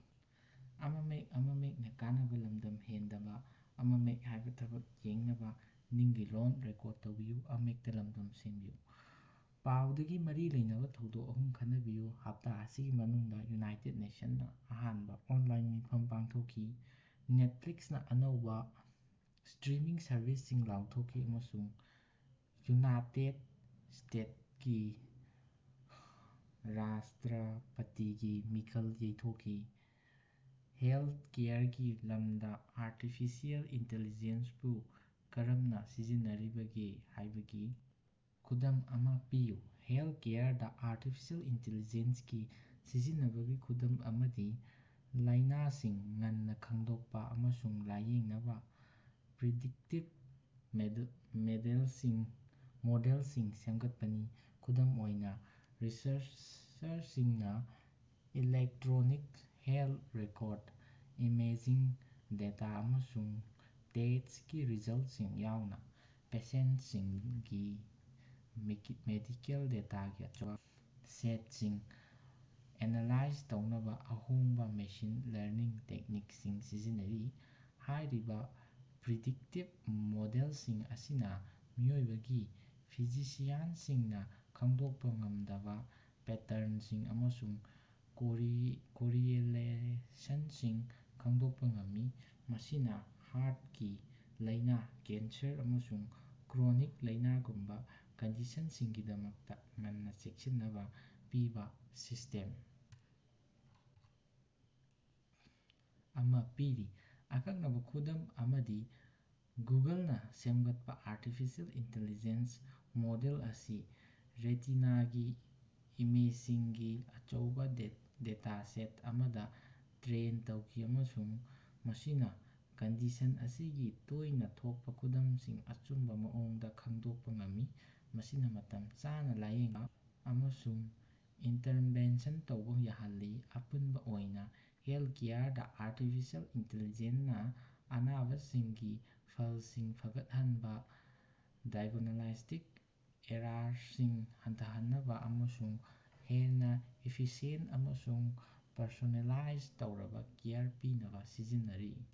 ꯄꯥꯎꯗꯒꯤ ꯃꯔꯤ ꯂꯩꯅꯕꯥ ꯊꯧꯗꯣꯛ ꯑꯍꯨꯝ ꯈꯟꯅꯕꯤꯌꯨ꯫ ꯍꯞꯇꯥ ꯑꯁꯤꯒꯤ ꯃꯅꯨꯡꯗꯥ ꯌꯨꯅꯥꯏꯇꯦꯗ ꯅꯦꯁꯟꯅꯥ ꯑꯍꯥꯟꯕꯥ ꯑꯣꯅꯂꯥꯏꯟ ꯃꯤꯐꯝ ꯄꯥꯡꯊꯣꯛꯈꯤ, ꯅꯦꯠꯐ꯭ꯂꯤꯛꯁꯅꯥ ꯑꯅꯧꯕꯥ ꯁ꯭ꯠꯔꯤꯃꯤꯡ ꯁꯔꯚꯤꯁꯁꯤꯡ ꯂꯥꯎꯊꯣꯛꯈꯤ, ꯑꯃꯁꯨꯡ ꯌꯨꯅꯥꯠꯇꯦ ꯁ꯭ꯇꯦꯛꯁꯀꯤ ꯔꯥꯁ꯭ꯇꯔꯄꯇꯤꯒꯤ ꯃꯤꯈꯜ ꯌꯩꯊꯣꯛꯈꯤ꯫ ꯍꯦꯜꯊꯀꯦꯌꯔꯒꯤ ꯂꯝꯗꯥ ꯑꯔꯇꯤꯐꯤꯁꯦꯜ ꯏꯟꯇꯦꯜꯂꯤꯖꯦꯟꯕꯨ ꯀꯔꯝꯅꯥ ꯁꯤꯖꯤꯟꯅꯔꯤꯕꯒꯦ ꯍꯥꯏꯕꯒꯤ ꯈꯨꯗꯝ ꯑꯃꯥ ꯄꯤꯌꯨ꯫ ꯍꯦꯜꯊꯀꯦꯌꯔꯗꯥ ꯑꯔꯇꯤꯐꯤꯁꯦꯜ ꯏꯟꯇꯦꯜꯂꯤꯖꯦꯟꯒꯤ ꯁꯤꯖꯤꯟꯅꯕꯒꯤ ꯈꯨꯗꯝ ꯑꯃꯗꯤ ꯂꯥꯏꯅꯥꯁꯤꯡ ꯉꯟꯅꯥ ꯈꯪꯗꯣꯛꯄꯥ ꯑꯃꯁꯨꯡ ꯂꯥꯌꯦꯡꯅꯕꯥ ꯄ꯭ꯔꯤꯗꯤꯛꯇꯤꯚ ꯃꯣꯗꯦꯜꯁꯤꯡ ꯁꯦꯝꯒꯠꯄꯅꯤ꯫ ꯈꯨꯗꯝ ꯑꯣꯏꯅꯥ, ꯔꯤꯁꯔꯆꯔꯁꯤꯡꯅꯥ electronic health record, imaging data, ꯑꯃꯁꯨꯡ ꯇꯦꯁ꯭ꯇꯀꯤ ꯔꯤꯖꯜꯇꯁꯤꯡ ꯌꯥꯎꯅꯥ ꯄꯦꯁꯦꯟꯇꯁꯤꯡꯒꯤ ꯃꯦꯗꯤꯀꯦꯜ ꯗꯦꯇꯥꯒꯤ ꯑꯆꯧꯕꯥ ꯁꯦꯠꯁꯤꯡ ꯑꯦꯅꯥꯂꯥꯏꯖ ꯇꯧꯅꯕꯥ ꯑꯍꯣꯡꯕꯥ ꯃꯦꯁꯤꯟ ꯂꯔꯅꯤꯡ ꯇꯦꯛꯅꯤꯛꯁꯤꯡ ꯁꯤꯖꯤꯟꯅꯔꯤ꯫ ꯍꯥꯏꯔꯤꯕꯥ ꯄ꯭ꯔꯤꯗꯤꯛꯇꯤꯚ ꯃꯣꯗꯦꯜꯁꯤꯡ ꯑꯁꯤꯅꯥ ꯃꯤꯑꯣꯏꯕꯒꯤ ꯐꯤꯖꯤꯁꯤꯌꯟꯁꯤꯡꯅꯥ ꯈꯪꯗꯣꯛꯄꯥ ꯉꯝꯗꯕꯥ ꯄꯦꯇꯔꯅꯁꯤꯡ ꯑꯃꯁꯨꯡ ꯀꯣꯔꯤꯑꯦꯂꯦꯁꯟꯁꯤꯡ ꯈꯪꯗꯣꯛꯄꯥ ꯉꯝꯃꯤ, ꯃꯁꯤꯅꯥ ꯍꯥꯔꯇꯀꯤ ꯂꯥꯏꯅꯥ, ꯀꯦꯟꯁꯔ, ꯑꯃꯁꯨꯡ ꯀ꯭ꯔꯣꯅꯤꯛ ꯂꯥꯏꯅꯥꯒꯨꯝꯕ ꯀꯟꯗꯤꯁꯟꯁꯤꯡꯒꯤꯗꯃꯛꯇꯥ ꯉꯟꯅꯥ ꯆꯦꯛꯁꯤꯟꯅꯕ ꯄꯤꯕꯥ ꯁꯤꯁ꯭ꯇꯦꯝ ꯑꯃꯥ ꯄꯤꯔꯤ꯫ ꯑꯀꯛꯅꯕꯥ ꯈꯨꯗꯝ ꯑꯃꯗꯤ ꯒꯨꯒꯜꯅꯥ ꯁꯦꯝꯒꯠꯄꯥ ꯑꯔꯇꯤꯐꯤꯁꯦꯜ ꯏꯟꯇꯦꯜꯂꯤꯖꯦꯟ ꯃꯣꯗꯦꯜ ꯑꯁꯤ ꯔꯦꯇꯤꯅꯥꯒꯤ ꯏꯃꯦꯖꯁꯤꯡꯒꯤ ꯑꯆꯧꯕꯥ ꯗꯦꯇꯥꯁꯦꯠ ꯑꯃꯗꯥ ꯇ꯭ꯔꯦꯟ ꯇꯧꯈꯤ ꯑꯃꯁꯨꯡ ꯃꯁꯤꯅꯥ ꯀꯟꯗꯤꯁꯟ ꯑꯁꯤꯒꯤ ꯇꯣꯏꯅꯥ ꯊꯣꯛꯄꯥ ꯈꯨꯗꯝꯁꯤꯡ ꯑꯆꯨꯝꯕꯥ ꯃꯑꯣꯡꯗꯥ ꯈꯪꯗꯣꯛꯄꯥ ꯉꯝꯃꯤ, ꯃꯁꯤꯅꯥ ꯃꯇꯝ ꯆꯥꯅꯥ ꯂꯥꯌꯦꯡꯕꯥ ꯑꯃꯁꯨꯡ ꯏꯟꯇꯔꯚꯦꯟꯁꯟ ꯇꯧꯕ ꯌꯥꯍꯜꯂꯤ꯫ ꯑꯄꯨꯟꯕꯥ ꯑꯣꯏꯅꯥ, ꯍꯦꯜꯊꯀꯦꯌꯔꯗꯥ ꯑꯔꯇꯤꯐꯤꯁꯦꯜ ꯏꯟꯇꯦꯜꯂꯤꯖꯦꯟꯅꯥ ꯑꯅꯥꯕꯁꯤꯡꯒꯤ ꯐꯂꯁꯤꯡ ꯐꯒꯠꯍꯟꯅꯕꯥ, ꯗꯥꯏꯒ꯭ꯅꯣꯁ꯭ꯇꯤꯛ ꯑꯦꯔꯥꯔꯁꯤꯡ ꯍꯟꯊꯍꯟꯅꯕꯥ ꯑꯃꯁꯨꯡ ꯍꯦꯟꯅꯥ ꯏꯐꯤꯁꯤꯌꯦꯟꯇ ꯑꯃꯁꯨꯡ ꯄꯔꯁꯣꯅꯦꯂꯥꯏꯖ ꯇꯧꯔꯕꯥ ꯀꯦꯌꯔ ꯄꯤꯅꯕꯥ ꯁꯤꯖꯤꯟꯅꯔꯤ꯫